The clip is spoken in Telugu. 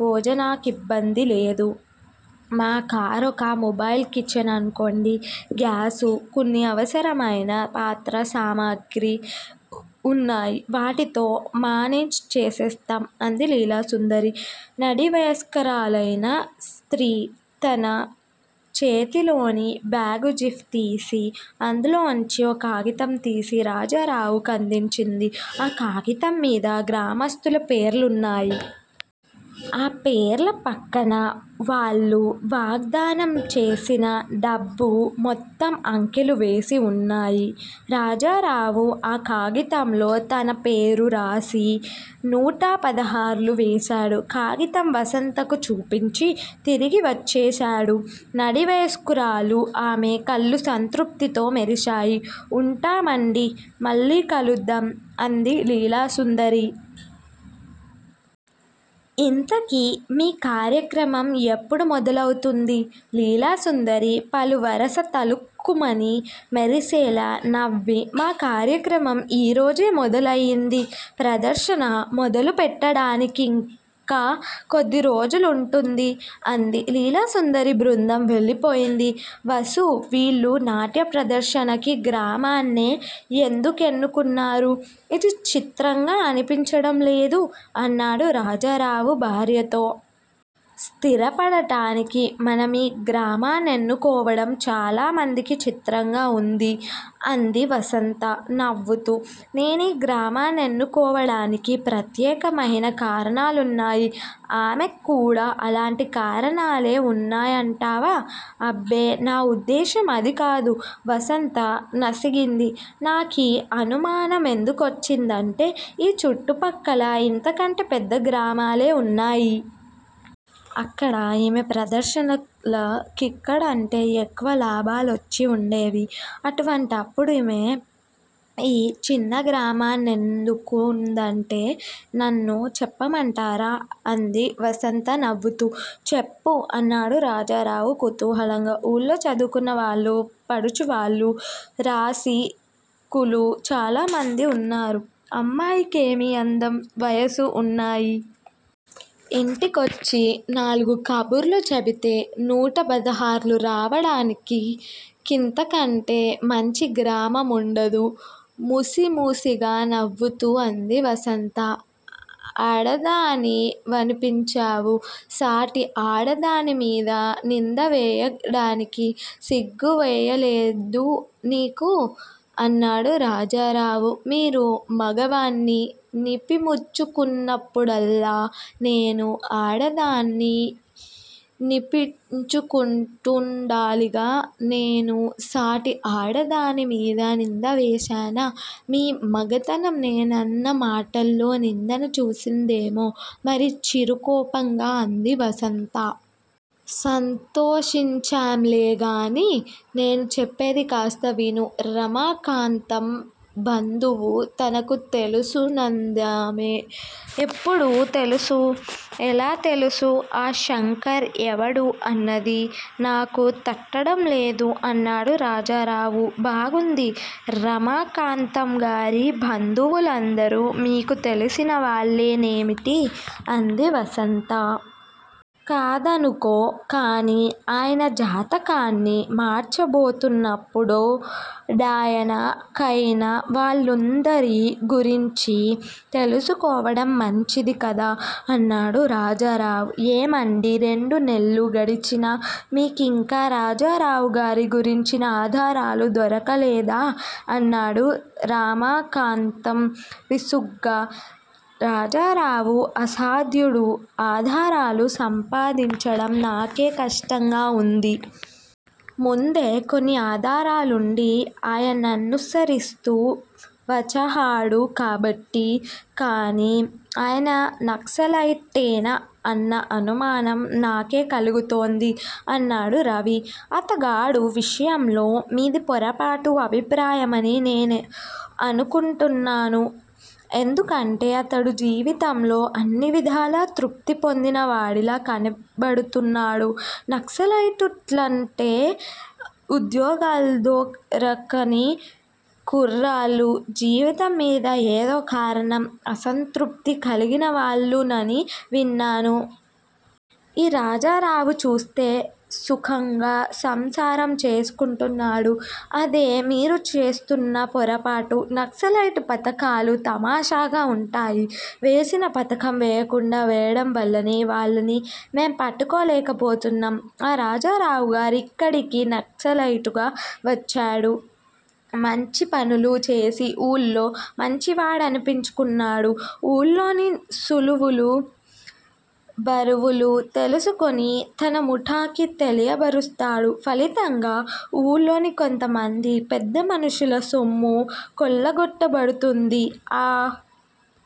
భోజనాకిబ్బంది. లేదు. మా కారొక ముబైల్ కిచెన్ అనుకోండి గ్యాసూ, కొన్ని అవసరమయిన పాత్ర సామగ్రి ఉన్నాయి వాటితో మానేజ్ చేసేస్తాం అంది లీలాసుందరి. నడివయస్కరాలయిన స్త్రీతన చేతిలోని బ్యాగుజిఫ్ తీసి, అందులోంచి ఓ కాగితం తీసి రాజారావు కందించింది. ఆ కాగితం మీద గ్రామస్తుల పేర్లున్నాయి. ఆ పేర్ల పక్కన వాళ్ళు వాగ్ధానం చేసిన డబ్బు మొత్తం అంకెలువేసి ఉన్నాయి. రాజారావు ఆ కాగితంలో తన పేరూ రాసి, నూట పదహార్లు వేశాడు. కాగితం వసంతకు చూపించి, తిరిగివచ్చేశాడు నడివయస్కురాలు ఆమె కళ్ళు సంతృప్తితో మెరిశాయి. ఉంటామండి. మళ్ళీ కలుద్దాం అంది లీలా సుందరి. ఇంతకీ మీ కార్యక్రమం ఎప్పుడు మొదలవుతుంది.? లీలాసుందరి పలువరస తళుక్కుమని మెరిసేలా నవ్వి మా కార్యక్రమం ఈరోజే మొదలయింది. ప్రదర్శన మొదలుపెట్టడానికికింకా కొద్ది రోజులుంటుంది అంది. లీలాసుందరి బృదం వెళ్ళిపోయింది. వసూ వీళ్ళు నాట్య ప్రదర్శనకీ గ్రామాన్నే ఎందుకెన్నుకున్నారు? ఇది చిత్రంగా అనిపించడం లేదూ? ' అన్నాడు రాజారావు భార్యతో. స్థిరపడటానికి మనమీ గ్రామనేన్నుకోవడం చాలా మందికి చిత్రంగా ఉంది. అంది వసంత నవ్వుతూ. నేనీ గ్రామాన్నేన్నుకోవడానికి ప్రత్యేకమయిన కారణాలున్నాయి. అమెక్కూడా అలాంటి కారణాలే ఉన్నా యంటవా? అబ్బే నా ఉద్దేశ్యం అదికాదు వసంత నసిగింది. నాకీ అనుమాన మెందుకొచ్చిందంటే ఈ చుట్టుపక్కల ఇంతకంటే పెద్ద గ్రామాలే ఉన్నాయి. అక్కడ ఈమె ప్రదర్శనల కిక్కడకంటే ఎక్కువ లాభాలోచ్చి ఉండేవి అటువంటప్పుడుమే ఈ చిన్న గ్రామాన్నేనెన్నుకుందంటే నన్ను చెప్పమంటారా? ' అంది వసంత నవ్వుతూ. చెప్పు! అన్నాడు రాజారావు కుతూహలంగా. 'ఊళ్ళో చదువుకున్న వాళ్ళూ, పడుచువాళ్ళూ, రాసి కులూ చాలామంది ఉన్నారు. అమ్మాయి కేమీ అందం, వయసూ ఉన్నాయి. ఇంటికొచ్చి నాలుగు కబుర్లు చెబితే నూటపదహార్లు రావడానికి కింతకంటే మంచి గ్రామముండదు ముసిముసిగా నవ్వుతూ అంది వసంత. అడదాని వనిపించావు. సాటి ఆడదానిమీద నిందవేయడానికి సిగ్గు వేయలేదూ నీకు? అన్నాడు రాజారావు. మీరు మగవాణ్ణి నిపిమ్చుకున్నప్పుడల్లా నేనూ ఆడదాన్నినిపించుకుంటూండాలిగా! నేను సాటి ఆడదానిమీద నిందవేశానా? మీ మగతనం నేనన్న మాటల్లో నిందను చూసిందేమో మరి చిరుకోపంగా అంది వసంత. సంతోషించాంలే గానీ నేను చెప్పేది కాస్త విను రమాకాంతం బంధువు తనకు తెలుసునందామె ఎప్పుడు తెలుసు, ఎలా తెలుసు? ఆ శంఖర్ ఎవడూ అన్నది నాకు తట్టడంలేదు అన్నాడు రాజారావు. బాగుంది __ రమాకాంతంగారి బంధువులందరూ మీకు తెలిసిన వాళ్ళే నేమిటి? ' అంది వసంత. కాదనుకో కానీ, అయన జాతకాన్ని మార్చబోతున్నప్పుడో డాయన కయిన వాళ్ళుందరి గురించీ తెలుసుకోవడం మంచిది కదా! అన్నాడు రాజారావు. ఏమండీ రెండు నెల్లు గడిచినా, మీకింకా రాజారావుగారి గురించిన ఆధారాలు దొరకలేదా? అన్నాడు రామాకాంతం విసుగ్గా. రాజారావు అసాధ్యుడు. ఆధారాలు సంపాదించడం నాకే కష్టంగా ఉంది. ముందే కొన్ని ఆధారాలుండి అయన్ననుసరిస్తూ వచహాడు కాబట్టి కానీ, అయన నక్సలైట్టేనా? అన్న అనుమానం నాకే కలుగుతోంది. _- అన్నాడు రవి. అతగాడు విషయంలో మీది పొరపాటు అభిప్రాయమని నేనేఅనుకొంటున్నాను. ఎందుకంటే, అతడు జీవితంలో అన్నివిధాలా తృప్తిపొందిన వాడిలా కనబడుతున్నాడు. నక్సలైటు ట్లంటే ఉద్యోగాల్దోరకని కుర్రాళ్ళూ జీవితం మీద ఏదో కారణం అసంతృప్తి కలిగినవాళ్ళూనని విన్నాను. ఈ రాజారావుచూస్తె సుఖంగా సంసారం చేసుకుంటున్నాడు __ అదే మీరు చేస్తున్నా పొరపాటు నక్సలైటు పతకాలు తమాషాగా ఉంటాయి. వేసిన పథకం వేయకుండా వేయడం వల్లనే వాళ్ళని మేం పట్టుకోలేకపోతున్నాం. ఆ రాజారావుగా రిక్కడికి నక్సలైటుగా వచ్చాడు. మంచిపనులు చేసి, ఊళ్ళో మంచివాడనిపించుకున్నాడు. ఊళ్ళోని సులువులూ, బరువులూ తెలుసుకుని తన ముఠాకి తెలియబరుస్తాడు. ఫలితంగా ఊళ్ళోని కొంతమంది పెద్దమనుషుల సొమ్ము కొల్లగొట్టబడుతుంది. ఆ